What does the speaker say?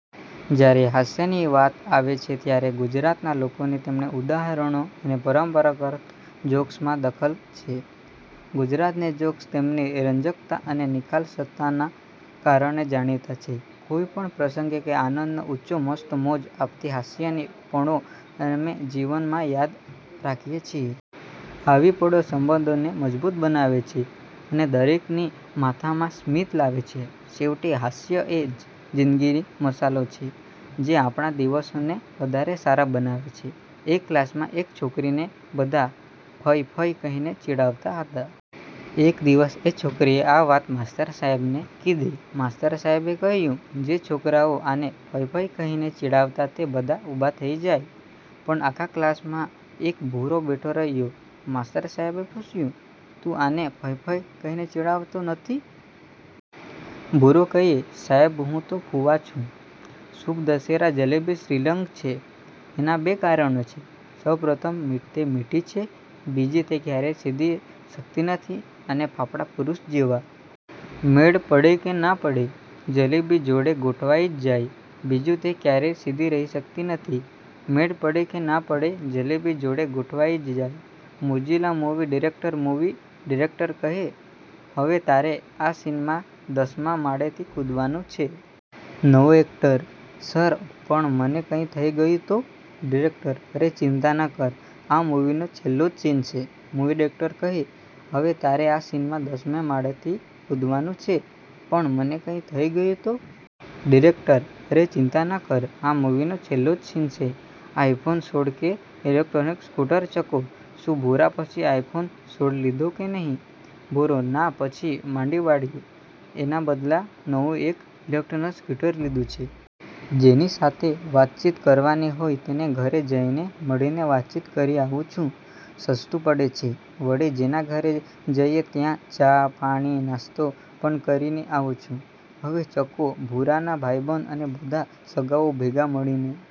જ્યારે હાસ્યની વાત આવે છે, ત્યારે ગુજરાતીના લોકોને તેમની ઉદાહરણો અને પરંપરાગત જોક્સમાં દખલ છે. ગુજરાતી જોક્સ તેમની રંજકતા અને નિખાલસતાના કારણે જાણીતા છે. કોઈપણ પ્રસંગ કે આનંદનો ઊંચો મસ્ત મોજ આપતી હાસ્યની પળો અમે જીવનમાં યાદ રાખીએ છીએ. આવી પળો સંબંધોને મજબૂત બનાવે છે અને દરેકની માથામાં સ્મિત લાવે છે. છેવટે, હાસ્ય એ જ જિંદગીનો મસાલો છે, જે આપણા દિવસોને વધારે સારા બનાવે છે. એક ક્લાસ માં એક છોકરી ને બધા "ફય" "ફય" કહી ને ચીડવતા હતા. એક દિવસ એ છોકરીએ આ વાત માસ્તર સાહેબ ને કિધી. માસ્તર સાહેબ કહ્યું: જે છોકરાઓ આને,"ફય" "ફય" કહી ને ચીડવતા તે બધા ઊભા થઈ જાય. પણ આખા ક્લાસમાં એક ભૂરો બેઠો રયો. માસ્તર સહેબે પૂછ્યું: તું આને "ફય" "ફય" કહી ને ચીડવતો નથી? ભૂરો કયે: સાયબ હું તો "ફુવા" છું. શુભ દશેરા જલેબી સ્ત્રીલિંગ જ છે.. એના બે કારણો છે.. સૌ પ્રથમ તે મીઠી છે, બીજું, તે ક્યારેય સીધી રહી શકતી નથી.. અને ફાફડા પુરુષ જેવા? મેળ પડે કે ના પડે જલેબી જોડે ગોઠવાઈ જ જાય.. બીજું, તે ક્યારેય સીધી રહી શકતી નથી.. મેળ પડે કે ના પડે જલેબી જોડે ગોઠવાઈ જ જાય.. મોજીલો મુવી ડિરેકટર મુવી ડિરેકટર કહે: હવે તારે આ સીનમાં દસ માં માળેથી કૂદવાનું છે. નવો એકટર: સર, પણ મને કંઇ થઇ ગયું તો? ડિરેકટર: અરે ચિંતા ના કર, આ મુવીનો છેલ્લો જ સીન છે. મુવી ડિરેકટર કહે: હવે તારે આ સીનમાં દસ માં માળેથી કૂદવાનું છે. પણ મને કંઇ થઇ ગયું તો? ડિરેકટર: અરે ચિંતા ના કર, આ મુવીનો છેલ્લો જ સીન છે. આઈફોન સોળ કે ઇલેકટ્રીક સ્કૂટર ચકો: શું ભૂરા પછી "આઈફોન સોળ" લીધો કે નહિ? ભૂરો: ના, પછી માંડી વાળ્યું. એને બદલે નવું એક "ઇલેકટ્રીક સ્કૂટર" લીધું છે. જેની સાથે વાતચીત કરવાની હોય તેને ઘરે જઈ ને મળીને વાતચીત કરી આવું છું. સસ્તું પડે છે, વળી જેના ઘેર જઈએ ત્યાં ચા-પાણી-નાસ્તો પણ કરી આવું છું. હવે ચકો, ભૂરાના ભાઈબંધ અને બધા સગાઓ ભેગા મળીને